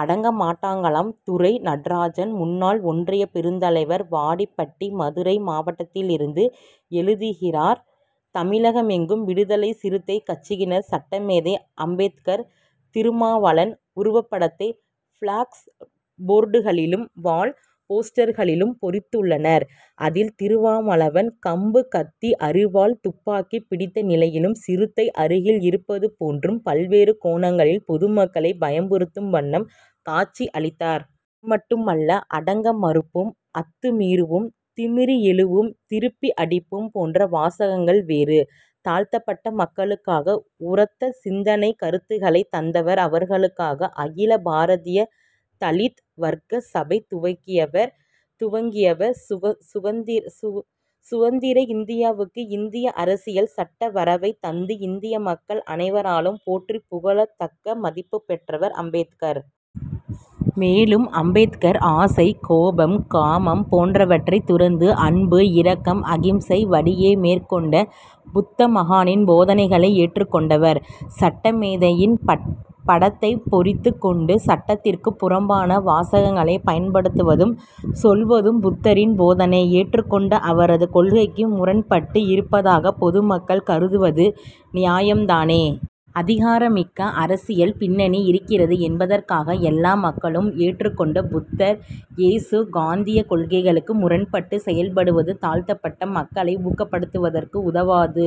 அடங்க மாட்டாங்களாம்! துரை. நடராஜன் முன்னாள் ஒன்றிய பெருந்தலைவர் வாடிப்பட்டி மதுரை மாவட்டத்திலிருந்து எழுதுகிறார் தமிழகமெங்கும் விடுதலை சிறுத்தை கட்சியினர் சட்டமேதை அம்பேத்கர் திருமாவளவன் உருவப்படத்தை பிளக்ஸ் போர்டுகளிலும் வால் போஸ்டர்களிலும் பொறித்துள்ளனர். அதில் திருமாவளவன் கம்பு கத்தி அரிவாள் துப்பாக்கி பிடித்த நிலையிலும் சிறுத்தை அருகில் இருப்பது போன்றும் பல்வேறு கோணங்களில் பொதுமக்களை பயமுறுத்தும் வண்ணம் காட்சியளித்தார். அதுமட்டுமல்ல அடங்க மறுப்போம் அத்து மீறுவோம் திமிறி எழுவோம் திருப்பி அடிப்போம் போன்ற வாசகங்கள் வேறு. தாழ்த்தப்பட்ட மக்களுக்காக உரத்த சிந்தனைக் கருத்துக்களை தந்தவர் அவர்களுக்காக அகில பாரதிய தலீத் வர்க்க சபை துவக்கியவர் சுதந்திர இந்தியாவுக்கு இந்திய அரசியல் சட்ட வரைவைத் தந்து இந்திய மக்கள் அனைவராலும் போற்றி புகழத்தக்க மதிப்பு பெற்றவர் அம்பேத்கர். மேலும் அம்பேத்கர் ஆசை கோபம் காமம் போன்றவற்றை துறந்து அன்பு இரக்கம் அகிம்சை வழியை மேற்கொண்ட புத்த மகானின் போதனைகளை ஏற்றுக் கொண்டவர். சட்டமேதையின் படத்தை பொறித்துக் கொண்டு சட்டத்திற்கு புறம்பான வாசகங்களை பயன்படுத்துவதும் சொல்வதும் புத்தரின் போதனை ஏற்றுக் கொண்ட அவரது கொள்கைக்கு முரண்பட்டு இருப்பதாக பொதுமக்கள் கருதுவது நியாயம் தானே. அதிகாரமிக்க அரசியல் பின்னணி இருக்கிறது என்பதற்காக எல்லா மக்களும் ஏற்றுக் கொண்ட புத்தர் இயேசு காந்திய கொள்கைகளுக்கு முரண்பட்டு செயல்படுவது தாழ்த்தப்பட்ட மக்களை ஊக்கப்படுத்துவதற்கு உதவாது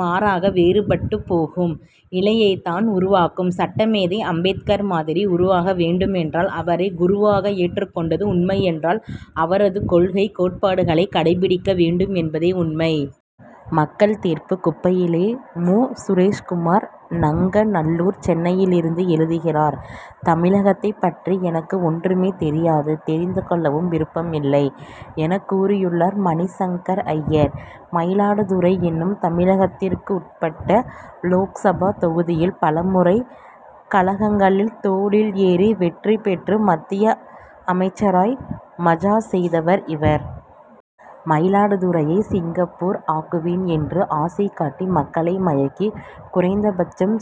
மாறாக வேறுபட்டு போகும் நிலையைத் தான் உருவாக்கும். சட்டமேதை அம்பேத்கர் மாதிரி உருவாக வேண்டுமென்றால் அவரை குருவாக ஏற்றுக் கொண்டது உண்மையென்றால் அவரது கொள்கை கோட்பாடுகளை கடைப்பிடிக்க வேண்டும் என்பதே உண்மை. மக்கள் தீர்ப்பு குப்பையிலே மு. சுரேஷ்குமார் நங்கநல்லூர் சென்னையிலிருந்து எழுதுகிறார் தமிழகத்தைப் பற்றி எனக்கு ஒன்றுமே தெரியாது தெரிந்து கொள்ளவும் விருப்பம் இல்லை என கூறியுள்ளார் மணிசங்கர் ஐயர். மயிலாடுதுறை எனும் தமிழகத்திற்குட்பட்ட லோக்சபா தொகுதியில் பலமுறை கழகங்களின் தோளில் ஏறி வெற்றி பெற்று மத்திய அமைச்சராய் மஜா செய்தவர் இவர். மயிலாடுதுறையை சிங்கப்பூர் ஆக்குவேன் என்று ஆசை காட்டி மக்களை மயக்கி குறைந்தபட்சம்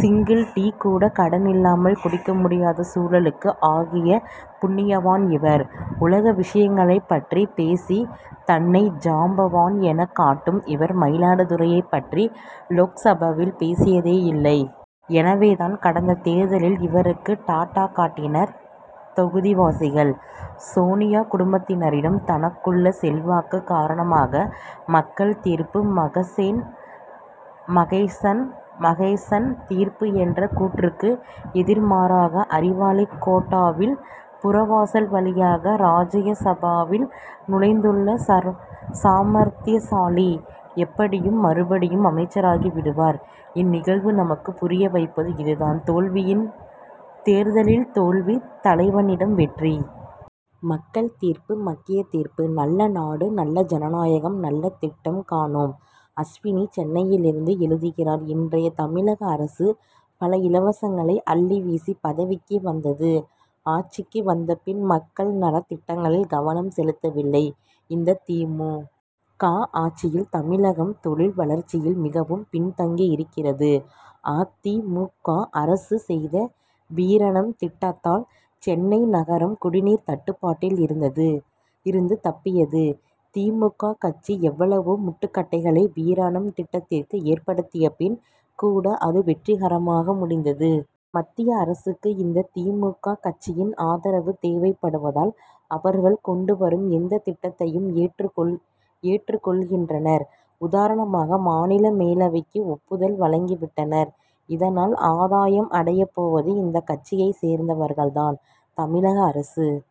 சிங்கிள் டீ கூட கடனில்லாமல் குடிக்க முடியாத சூழலுக்கு ஆக்கிய புண்ணியவான் இவர். உலக விஷயங்களைப் பற்றி பேசி தன்னை ஜாம்பவான் எனக் காட்டும் இவர் மயிலாடுதுறையைப் பற்றி லோக்சபாவில் பேசியதே இல்லை. எனவே தான் கடந்த தேர்தலில் இவருக்கு டாட்டா காட்டினர் தொகுதிவாசிகள்! சோனியா குடும்பத்தினரிடம் தனக்குள்ள செல்வாக்கு காரணமாக மக்கள் தீர்ப்பு மகேசன் தீர்ப்பு என்ற கூற்றுக்கு எதிர்மாறாக அறிவாளி கோட்டாவில் புறவாசல் வழியாக ராஜ்ய சபாவில் நுழைந்துள்ள சாமர்த்தியசாலி. எப்படியும் மறுபடியும் அமைச்சராகி விடுவார். இந்நிகழ்வு நமக்குப் புரிய வைப்பது இதுதான் தேர்தலில் தோல்வி தலைவியிடம் வெற்றி! மக்கள் தீர்ப்பு மக்கிய தீர்ப்பு! நல்ல நாடு நல்ல ஜனநாயகம்! நலத்திட்டம் காணோம்! அஸ்வினி சென்னையிலிருந்து எழுதுகிறார் இன்றைய தமிழக அரசு பல இலவசங்களை அள்ளி வீசி பதவிக்கு வந்தது ஆட்சிக்கு வந்த பின் மக்கள் நலத் திட்டங்களில் கவனம் செலுத்தவில்லை. இந்த தி. மு. க. ஆட்சியில் தமிழகம் தொழில் வளர்ச்சியில் மிகவும் பின்தங்கியிருக்கிறது. அ. தி. மு. க. அரசு செய்த வீராணம் திட்டத்தால் சென்னை நகரம் குடிநீர் தட்டுப்பாட்டில் இருந்து தப்பியது. தி. மு. க. கட்சி எவ்வளவோ முட்டுக்கட்டைகளை வீராணம் திட்டத்திற்கு ஏற்படுத்திய பின் கூட அது வெற்றிகரமாக முடிந்தது. மத்திய அரசுக்கு இந்த தி. மு. க. கட்சியின் ஆதரவு தேவைப்படுவதால் அவர்கள் கொண்டு வரும் எந்தத் திட்டத்தையும் ஏற்றுக் கொள்கின்றனர். உதாரணமாக மாநில மேலவைக்கு ஒப்புதல் வழங்கி விட்டனர். இதனால் ஆதாயம் அடையப் போவது இந்தக் கட்சியைச் சேர்ந்தவர்கள் தான். தமிழக அரசு